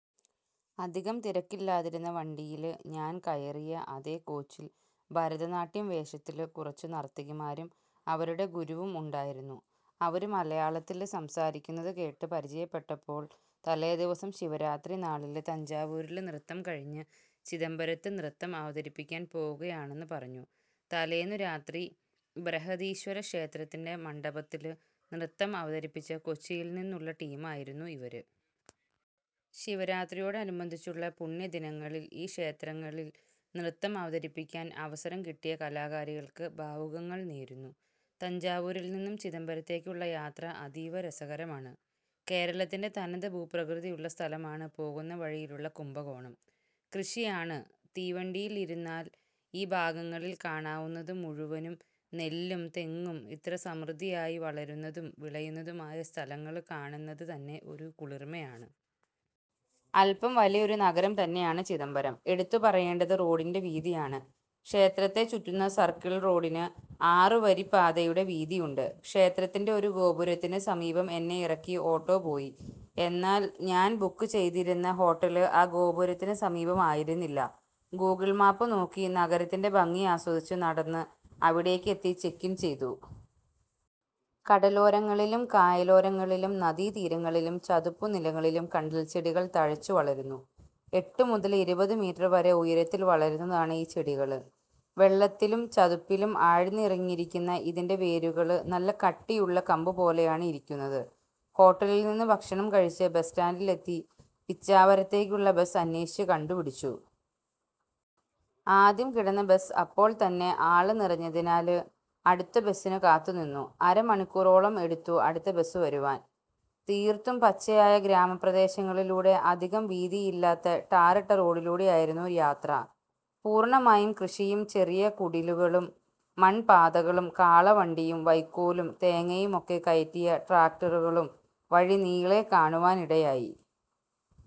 അധികം തിരക്കില്ലാതിരുന്ന വണ്ടിയില് ഞാന് കയറിയ അതേ കോച്ചില് ഭരതനാട്യം വേഷത്തില് കുറച്ച് നര്ത്തകിമാരും അവരുടെ ഗുരുവും ഉണ്ടായിരുന്നു. അവര് മലയാളത്തില് സംസാരിക്കുന്നതു കേട്ട് പരിചയപ്പെട്ടപ്പോള് തലേദിവസം ശിവരാത്രി നാളില് തഞ്ചാവൂരില് നൃത്തം കഴിഞ്ഞ് ചിദംബരത്ത് നൃത്തം അവതരിപ്പിക്കാന് പോകുകയാണെന്ന് പറഞ്ഞു. തലേന്നു രാത്രി ബ്രഹദീശ്വര ക്ഷേത്രത്തിന്റെ മണ്ഡപത്തില് നൃത്തം അവതരിപ്പിച്ച കൊച്ചിയില് നിന്നുള്ള ടീമായിരുന്നു ഇവര്. ശിവരാത്രിയോടനുബന്ധിച്ചുള്ള പുണ്യ ദിനങ്ങളില് ഈ ക്ഷേത്രങ്ങളില് നൃത്തം അവതരിപ്പിക്കാന് അവസരം കിട്ടിയ കലാകാരികള്ക്ക് ഭാവുകങ്ങള് നേര്ന്നു. തഞ്ചാവൂരില് നിന്നും ചിദംബരത്തേക്കുള്ള യാത്ര അതീവ രസകരമാണ്. കേരളത്തിന്റെ തനത് ഭൂപ്രകൃതിയുള്ള സ്ഥലമാണ് പോകുന്ന വഴിയിലുള്ള കുംഭകോണം. കൃഷിയാണ് തീവണ്ടിയില് ഇരുന്നാല് ഈ ഭാഗങ്ങളില് കാണാവുന്നത് മുഴുവനും. നെല്ലും തെങ്ങും ഇത്ര സമൃദ്ധിയായി വളരുന്നതും വിളയുന്നതുമായ സ്ഥലങ്ങള് കാണുന്നതു തന്നെ ഒരു കുളിര്മ്മയാണ്. അല്പം വലിയൊരു നഗരം തന്നെയാണ് ചിദംബരം. എടുത്തുപറയേണ്ടത് റോഡിന്റെ വീതിയാണ്. ക്ഷേത്രത്തെ ചുറ്റുന്ന സര്ക്കിള് റോഡിന് ആറുവരിപ്പാതയുടെ വീതിയുണ്ട്. ക്ഷേത്രത്തിന്റെ ഒരു ഗോപുരത്തിന് സമീപം എന്നെ ഇറക്കി ഓട്ടോ പോയി. എന്നാല് ഞാന് ബുക്ക് ചെയ്തിരുന്ന ഹോട്ടല് ആ ഗോപുരത്തിന് സമീപം ആയിരുന്നില്ല. ഗൂഗിള് മാപ്പ് നോക്കി നഗരത്തിന്റെ ഭംഗിയാസ്വദിച്ച് നടന്ന് അവിടേക്കെത്തി ചെക്കിന് ചെയ്തു. കടലോരങ്ങളിലും കായലോരങ്ങളിലും നദീതീരങ്ങളിലും ചതുപ്പുനിലങ്ങളിലും കണ്ടല്ച്ചെടികള് തഴച്ച് വളരുന്നു. എട്ട് മുതല് ഇരുപത് മീറ്റര് വരെ ഉയരത്തില് വളരുന്നതാണ് ഈ ചെടികള്. വെള്ളത്തിലും ചതുപ്പിലും ആഴ്ന്നിറങ്ങിയിരിക്കുന്ന ഇതിന്റെ വേരുകള് നല്ല കട്ടിയുള്ള കമ്പുപോലെയാണ് ഇരിക്കുന്നത്. ഹോട്ടലില് നിന്നും ഭക്ഷണം കഴിച്ച് ബസ് സ്റ്റാന്റിലെത്തി പിച്ചാവരത്തേക്കുള്ള ബസ് അന്വേഷിച്ച് കണ്ടുപിടിച്ചു. ആദ്യം കിടന്ന ബസ് അപ്പോള്ത്തന്നെ ആള് നിറഞ്ഞതിനാല് അടുത്ത ബസിന് കാത്തുനിന്നു. അര മണിക്കൂറോളം എടുത്തു അടുത്ത ബസ് വരുവാന്. തീര്ത്തും പച്ചയായ ഗ്രാമപ്രദേശങ്ങളിലൂടെ അധികം വീതിയില്ലാത്ത ടാറിട്ട റോഡിലൂടെയായിരുന്നു യാത്ര. പൂര്ണ്ണമായും കൃഷിയും ചെറിയ കുടിലുകളും മണ്പാതകളും കാളവണ്ടിയും വൈക്കോലും തേങ്ങയുമൊക്കെ കയറ്റിയ ട്രാക്ടറുകളും വഴിനീളെ കാണുവാനിടയായി.